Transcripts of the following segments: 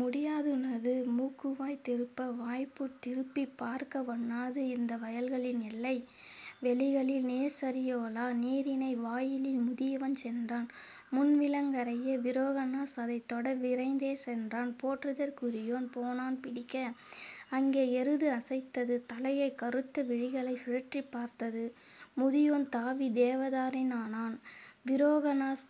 முடியாதுனது மூக்குவாய் திருப்ப வாய்ப்புட் திருப்பிப் பார்க்கவொண்ணாது இந்த வயல்களின் எல்லை வெளிகளில் நேர்சரியோலா நீரிணை வாயிலில். முதியவன் சென்றான் முன்விலங்கறைய விரோகனாஸ் அதைத்தொட விரைந்தே சென்றான் போற்றுதற்குரியோன் போனான் பிடிக்க: அங்கே எருது அசைத்தது தலையை கறுத்த விழிகளைச் சுழற்றிப் பார்த்தது; முதியோன் தாவித் தேவதாரேறினான் விரோகன்னாஸ்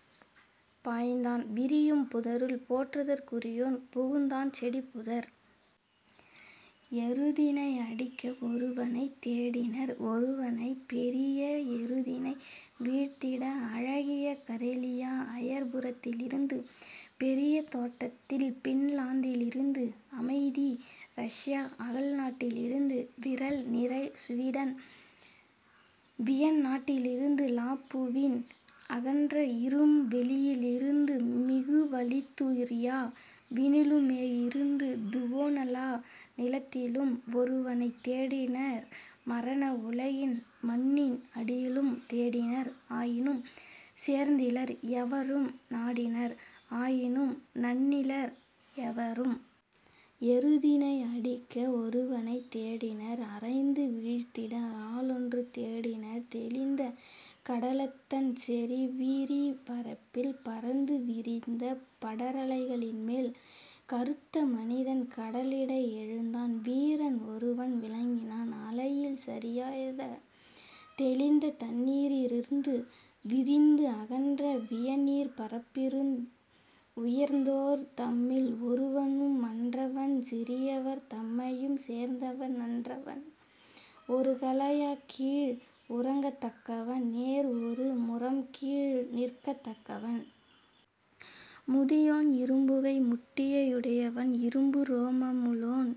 பாய்ந்தான் விரியும் புதருள் போற்றுதற்குரியோன் புகுந்தான் செடிப்புதர். எருதினை அடிக்க ஒருவனைத் தேடினர் ஒருவனைப் பெரிய எருதினை வீழ்த்திட அழகிய கரேலியா அயற்புறத்திலிருந்து பெரியதோட்டத்தில் பின்லாந்திலிருந்து அமைதி ரஷ்யா அகல்நாட்டிலிருந்து விறல்நிறை சுவீடன் வியன்நாட்டிலிருந்து லாப்புவின் அகன்ற இரும்வெளியிலிருந்து மிகுவலித்துர்யா வினிலுமேயிருந்து துவோனலா நிலத்திலும் ஒருவனைத் தேடினர் மரண உலகின் மண்ணின் அடியிலும் தேடினர் ஆயினும் சேர்ந்திலர் எவரும் நாடினர் ஆயினும் நண்ணிலர் எவரும். எருதினை அடிக்க ஒருவனைத் தேடினர் அறைந்து வீழ்த்திட ஆளொன்று தேடினர் தெளிந்த கடலதன் செறிவிரி பரப்பில் பரந்து விரிந்த படரலைகளின்மேல். கறுத்த மனிதன் கடலிடை எழுந்தான் வீரன் ஒருவன் விளங்கினான் அலையில் சரியாய்த தெளிந்த தண்ணீரிருந்து விரிந்து அகன்ற வியநீர்ப்பரப்பிருந் உயர்ந்தோர் தம்மில் ஒருவனு மன்றவன் சிறியவர் தம்மையும் சேர்ந்தவ னன்றவன் ஒருகலயக்கீழ் உறங்கத்தக்கவன் நேர்ஒரு முறம்கீழ் நிற்கத்தக்கவன். முதியோன் இரும்புகை முட்டியை யுடையவன் இரும்புரோமமுளோன்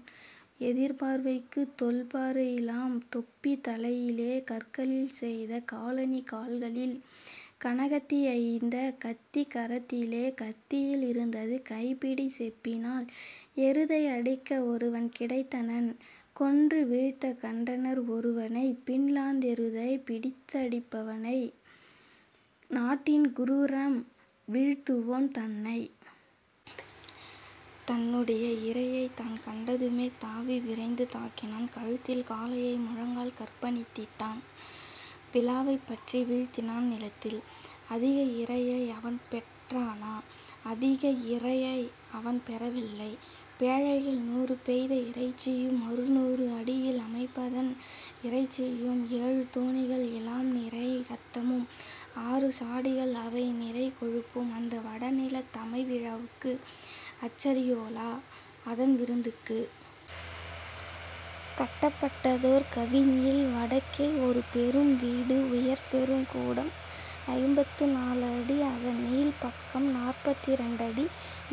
எதிர்பார்வைக்கு தொல்பாறையிலாம் தொப்பி தலையிலே கற்களில் செய்த காலணி கால்களில் கனகத்தியைந்த கத்தி கரத்திலே கத்தியில் இருந்தது கைப்பிடி செப்பினால். எருதை அடிக்க ஒருவன் கிடைத்தனன் கொன்று வீழ்த்தக் கண்டனர் ஒருவனை பின்லாந்தெருதைப் பிடித்தடிப்பவனை நாட்டின் குரூரம் வீழ்த்துவோன் தன்னை. தன்னுடை இரையைத் தான்கண்டதுமே தாவி விரைந்து தாக்கினான் கழுத்தில் காளையை முழங்கால் களிற்பணித்திட்டான் விலாவைப் பற்றி வீழ்த்தினான் நிலத்தில். அதிக இரையை அவன்பெற் றானா அதிக இரையை அவன்பெற வில்லை: பேழைகள் நூறு பெய்த இறைச்சியும் அறுநூறு அடியில் அமைபதன் இறைச்சியும் ஏழு தோணிகள் எலாம்நிறை இரத்தமும் ஆறு சாடிகள் அவைநிறை கொழுப்பும் அந்த வடநிலத் தமைவிழாவுக்கு அச்சரியோலா அதன்விருந்துக்கு. கட்டப்பட்டதோர் கவின்இல் வடக்கே ஒருபெரும் வீடு உயர்பெரும் கூடம் ஐம்பத்து நாலடி அதன்நீள்பக்கம் நாற்பத்திரண்டடி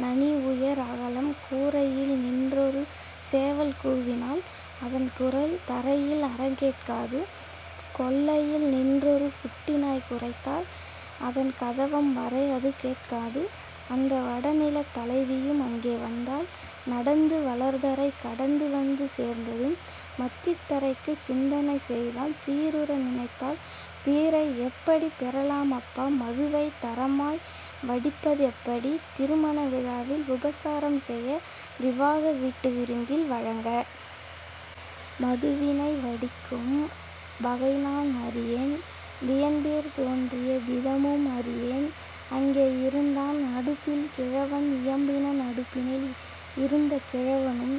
நனிஉயர் அகலம் கூரையில் நின்றொரு சேவல் கூவினால் அதன்குரல் தரையில் அறக்கேட்காது கொல்லையில் நின்றொரு குட்டிநாய் குரைத்தால் அதன்கதவம்வரை அதுகேட்காது. அந்த வடநிலத் தலைவியும் அங்கே வந்தாள் நடந்து வளர்தரை கடந்து வந்து சேர்ந்ததும் மத்தித்தரைக்கு சிந்தனை செய்தாள் சீருற நினைத்தாள் பீரை எப்படிப் பெறலாமப்பா மதுவைத் தரமாய் வடிப்பதெப்படி திருமண விழாவில் உபசாரம்செய விவாக வீட்டுவிருந்தில் வழங்க? மதுவினை வடிக்கும் வகைநான் அறியேன் வியன்பீர் தோன்றிய விதமும் அறியேன். அங்கே இருந்தான் அடுப்பில் கிழவன் இயம்பினன் அடுப்பினில் இருந்த கிழவனும்: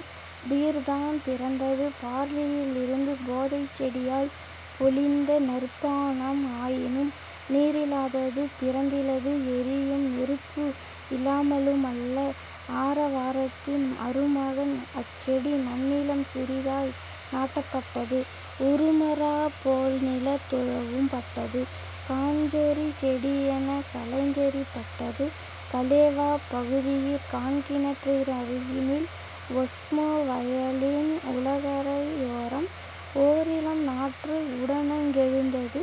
பீர்தான் பிறந்தது பார்லியிலிருந்து போதைச் செடியால் பொலிந்த நற்பானம் ஆயினும் நீரிலாதது பிறந்திலது எரியும் நெருப்பு இலாமலுமல்ல. ஆரவாரத்தின் அருமகன் அச்செடி நன்னிலம் சிறிதாய் நாட்டப்பட்டது உறுமராப் போல்நிலத் துழவும்பட்டது காஞ்சொறிச் செடியெனக் களைந்தெறிபட்டது கலேவாப் பகுதியிற் காண்கிணற்றருகினில் ஒஸ்மோ வயலின் உளகரையோரம்; ஓரிளம் நாற்று உடனங்கெழுந்தது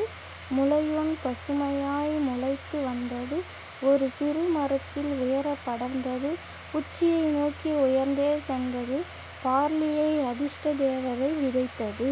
முளையொன்பசுமையாய் முளைத்து வந்தது ஒருசிறு மரத்தில் உயரப் படர்ந்தது உச்சியை நோக்கி உயர்ந்தே சென்றது. பார்லியை அதிர்ஷ்டத்தேவதை விதைத்தது